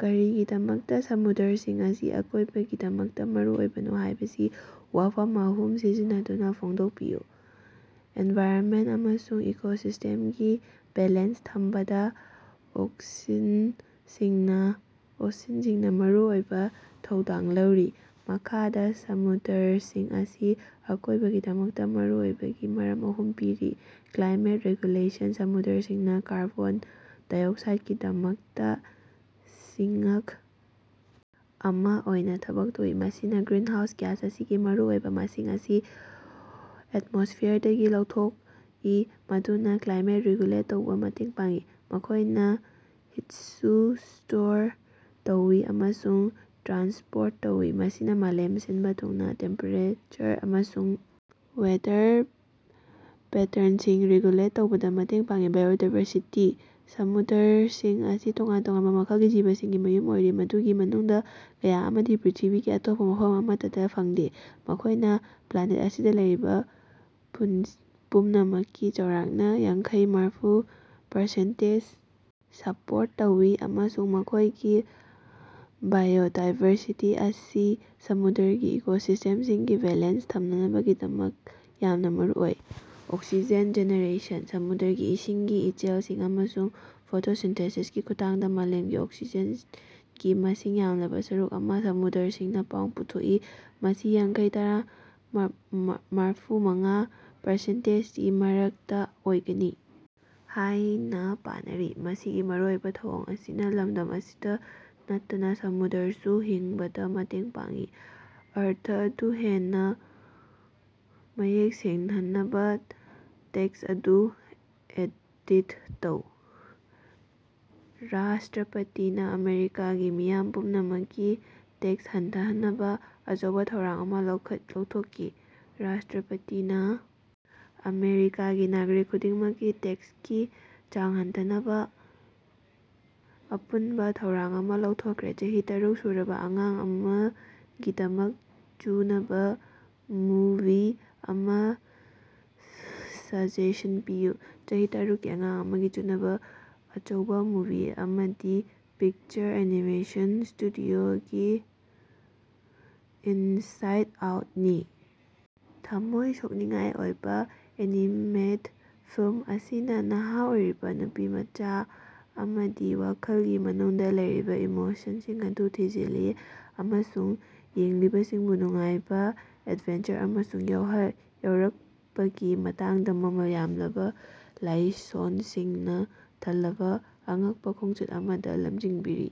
ꯀꯔꯤꯒꯤꯗꯃꯛꯇꯥ ꯁꯃꯨꯗ꯭ꯔꯁꯤꯡ ꯑꯁꯤ ꯑꯀꯣꯏꯕꯒꯤꯗꯃꯛꯇꯥ ꯃꯔꯨꯑꯣꯏꯕꯅꯣ ꯍꯥꯏꯕꯁꯤ ꯋꯥꯐꯝ ꯑꯍꯨꯝ ꯁꯤꯖꯤꯟꯅꯗꯨꯅꯥ ꯐꯣꯡꯗꯣꯛꯄꯤꯌꯨ꯫ ꯑꯦꯟꯚꯥꯏꯔꯟꯃꯦꯟ ꯑꯃꯁꯨꯡ ꯏꯀꯣꯁꯤꯁꯇꯦꯝꯒꯤ ꯕꯦꯂꯦꯟꯁ ꯊꯝꯕꯗꯥ ꯑꯣꯁꯤꯟꯁꯤꯡꯅꯥ ꯃꯔꯨꯑꯣꯏꯕ ꯊꯧꯗꯥꯡ ꯂꯧꯔꯤ꯫ ꯃꯈꯥꯗ ꯁꯃꯨꯗ꯭ꯔꯁꯤꯡ ꯑꯁꯤ ꯑꯀꯣꯏꯕꯒꯤꯗꯃꯛꯇꯥ ꯃꯔꯨꯑꯣꯏꯕꯒꯤ ꯃꯔꯝ ꯑꯍꯨꯝ ꯄꯤꯔꯤ: ꯀ꯭ꯂꯥꯏꯃꯦꯠ ꯔꯦꯒꯨꯂꯦꯁꯟ: ꯁꯃꯨꯗ꯭ꯔꯁꯤꯡꯅꯥ ꯀꯥꯔꯕꯣꯟ ꯗꯥꯏꯑꯣꯛꯁꯥꯏꯠꯀꯤꯗꯃꯛꯇꯥ "ꯁꯤꯉ꯭ꯛ" ꯑꯃ ꯑꯣꯏꯅ ꯊꯕꯛ ꯇꯧꯏ, ꯃꯁꯤꯅ ꯒ꯭ꯔꯤꯟ ꯍꯥꯎꯁ ꯒ꯭ꯌꯥꯁ ꯑꯁꯤꯒꯤ ꯃꯔꯨꯑꯣꯏꯕ ꯃꯁꯤꯡ ꯑꯁꯤ ꯑꯦꯠꯃꯣꯁꯐꯤꯌꯔꯗꯒꯤ ꯂꯧꯊꯣꯛꯏ, ꯃꯗꯨꯅ ꯀ꯭ꯂꯥꯏꯃꯦꯠ ꯔꯤꯒꯨꯂꯦꯠ ꯇꯧꯕꯗ ꯃꯇꯦꯡ ꯄꯥꯡꯏ꯫ ꯃꯈꯣꯏꯅ ꯍꯤꯠꯁꯨ ꯁ꯭ꯇꯣꯔ ꯇꯧꯏ ꯑꯃꯁꯨꯡ ꯇ꯭ꯔꯥꯟꯁꯄꯣꯔꯠ ꯇꯧꯏ, ꯃꯁꯤꯅ ꯃꯥꯂꯦꯝ ꯁꯤꯟꯕ ꯊꯨꯡꯅꯥ ꯇꯦꯝꯄꯦꯔꯦꯆꯔ ꯑꯃꯁꯨꯡ ꯋꯦꯗꯔ ꯄꯦꯇꯔꯟꯁꯤꯡ ꯔꯤꯒꯨꯂꯦꯠ ꯇꯧꯕꯗ ꯃꯇꯦꯡ ꯄꯥꯡꯏ꯫ ꯕꯥꯏꯑꯣꯗꯥꯏꯕꯔꯁꯤꯇꯤ: ꯁꯃꯨꯗ꯭ꯔꯁꯤꯡ ꯑꯁꯤ ꯇꯣꯉꯥꯟ ꯇꯣꯉꯥꯟꯕ ꯃꯈꯜꯒꯤ ꯖꯤꯕꯁꯤꯡꯒꯤ ꯃꯌꯨꯝ ꯑꯣꯏꯔꯤ, ꯃꯗꯨꯒꯤ ꯃꯅꯨꯡꯗꯥ ꯀꯌꯥ ꯑꯃꯗꯤ ꯄ꯭ꯔ꯭ꯤꯊꯤꯕꯤꯒꯤ ꯑꯇꯣꯞꯄ ꯃꯐꯝ ꯑꯃꯠꯇꯗꯥ ꯐꯪꯗꯦ꯫ ꯃꯈꯣꯏꯅ ꯄ꯭ꯂꯥꯟꯅꯦꯠ ꯑꯁꯤꯗ ꯂꯩꯔꯤꯕ ꯄꯨꯟꯁꯤ ꯄꯨꯝꯅꯃꯛꯀꯤ ꯆꯥꯎꯔꯛꯅ ꯌꯥꯡꯈꯩ-ꯃꯔꯐꯨ ꯄꯥꯔꯁꯦꯟꯇꯦꯟꯁ ꯁ꯭ꯄꯣꯔꯠ ꯇꯧꯏ, ꯑꯃꯁꯨꯡ ꯃꯈꯣꯏꯒꯤ ꯕꯥꯏꯑꯣꯗꯥꯏꯕꯔꯁꯤꯇꯤ ꯑꯁꯤ ꯁꯃꯨꯗ꯭ꯔꯒꯤ ꯏꯀꯣꯁꯤꯁ꯭ꯇꯦꯝꯁꯤꯡꯒꯤ ꯕꯦꯂꯦꯟꯁ ꯊꯝꯅꯕꯒꯤꯗꯃꯛ ꯌꯥꯝꯅ ꯃꯔꯨꯑꯣꯏ꯫ ꯑꯣꯛꯁꯤꯖꯦꯟ ꯖꯦꯅꯦꯔꯦꯁꯟ: ꯁꯃꯨꯗ꯭ꯔꯒꯤ ꯏꯁꯤꯡꯒꯤ ꯏꯆꯦꯜꯁꯤꯡ ꯑꯃꯁꯨꯡ ꯐꯣꯇꯣꯁꯤꯟꯊꯦꯁꯤꯁꯀꯤ ꯈꯨꯠꯊꯥꯡꯗ ꯃꯥꯂꯦꯝꯒꯤ ꯑꯣꯛꯁꯤꯖꯦꯟꯒꯤ ꯃꯁꯤꯡ ꯌꯥꯝꯂꯕ ꯁꯔꯨꯛ ꯑꯃ ꯁꯃꯨꯗ꯭ꯔꯁꯤꯡꯅꯥ ꯄꯨꯊꯣꯛꯏ, ꯃꯁꯤ ꯌꯥꯡꯈꯩ-ꯃꯔꯐꯨꯃꯉꯥ ꯄꯔꯁꯦꯟꯇꯦꯟꯁꯒꯤ ꯃꯔꯛꯇꯥ ꯑꯣꯏꯒꯅꯤ ꯍꯥꯏꯅ ꯄꯥꯅꯔꯤ꯫ ꯃꯁꯤꯒꯤ ꯃꯔꯨꯑꯣꯏꯕ ꯊꯧꯑꯣꯡ ꯑꯁꯤꯅ ꯂꯝꯗꯝ ꯑꯁꯤꯗ ꯅꯠꯇꯅ ꯁꯃꯨꯗ꯭ꯔꯗꯁꯨ ꯍꯤꯡꯕꯗꯥ ꯃꯇꯦꯡ ꯄꯥꯡꯏ꯫ ꯑꯔꯊ ꯑꯗꯨ ꯍꯦꯟꯅꯥ ꯃꯌꯦꯛ ꯁꯦꯡꯍꯟꯅꯕꯥ ꯇꯦꯛꯁ ꯑꯗꯨ ꯑꯦꯗꯤꯠ ꯇꯧ꯫ ꯔꯥꯁꯇ꯭ꯔꯥꯄꯇꯤꯅꯥ ꯑꯃꯦꯔꯤꯀꯥꯒꯤ ꯃꯤꯌꯥꯝ ꯄꯨꯝꯅꯃꯛꯀꯤ ꯇꯦꯛꯁ ꯍꯟꯊꯍꯟꯅꯕꯥ ꯑꯆꯧꯕꯥ ꯊꯧꯔꯥꯡ ꯑꯃ ꯂꯥꯎꯊꯣꯛꯈꯤ꯫ ꯔꯥꯁꯇ꯭ꯔꯥꯄꯇꯤꯅꯥ ꯑꯃꯦꯔꯤꯀꯥꯒꯤ ꯅꯥꯒ꯭ꯔꯤꯛ ꯈꯨꯗꯤꯡꯃꯛꯀꯤ ꯇꯦꯛꯁꯀꯤ ꯆꯥꯡ ꯍꯟꯊꯍꯟꯅꯕꯥ ꯑꯄꯨꯟꯕꯥ ꯊꯧꯔꯥꯡ ꯑꯃ ꯂꯥꯎꯊꯣꯛꯈ꯭ꯔꯦ꯫ ꯆꯍꯤ ꯇꯔꯨꯛ ꯁꯨꯔꯕꯥ ꯑꯉꯥꯡ ꯑꯃꯒꯤꯗꯃꯛ ꯆꯨꯅꯕꯥ ꯃꯨꯚꯤ ꯑꯃ ꯁꯖꯦꯁꯟ ꯄꯤꯌꯨ꯫ ꯆꯍꯤ ꯇꯔꯨꯛꯀꯤ ꯑꯉꯥꯡ ꯑꯃꯒꯤꯗꯃꯛ ꯆꯨꯅꯕꯥ ꯑꯆꯧꯕ ꯃꯨꯚꯤ ꯑꯃꯗꯤ ꯄꯤꯛꯆꯔ ꯑꯦꯅꯤꯃꯦꯁꯟ ꯁ꯭ꯇꯨꯗꯤꯑꯣꯒꯤ "ꯏꯟꯁꯥꯏꯠ ꯑꯥꯎꯠ"ꯅꯤ꯫ ꯊꯃꯣꯏ ꯁꯣꯛꯅꯤꯡꯉꯥꯏ ꯑꯣꯏꯕ ꯑꯦꯅꯤꯃꯦꯇꯦꯠ ꯐꯤꯂꯝ ꯑꯁꯤꯅ ꯅꯍꯥ ꯑꯣꯏꯔꯤꯕ ꯅꯨꯄꯤꯃꯆꯥ ꯑꯃꯒꯤ ꯋꯥꯈꯜꯒꯤ ꯃꯅꯨꯡꯗ ꯂꯩꯔꯤꯕ ꯏꯃꯣꯁꯟꯁꯤꯡ ꯑꯗꯨ ꯊꯤꯖꯤꯜꯂꯤ ꯑꯃꯁꯨꯡ ꯌꯦꯡꯂꯤꯕꯁꯤꯡꯕꯨ ꯅꯨꯡꯉꯥꯏꯕ, ꯑꯦꯗꯚꯦꯟꯆꯔ ꯑꯃꯁꯨꯡ ꯆꯥꯎꯔꯛꯄꯒꯤ ꯃꯇꯥꯡꯗ ꯃꯃꯜ ꯌꯥꯝꯂꯕ ꯂꯥꯏꯁꯣꯟꯁꯤꯡꯅ ꯊꯜꯂꯕ ꯑꯉꯛꯄꯥ ꯈꯣꯡꯆꯠ ꯑꯃꯗ ꯂꯝꯖꯤꯡꯕꯤꯔꯤ꯫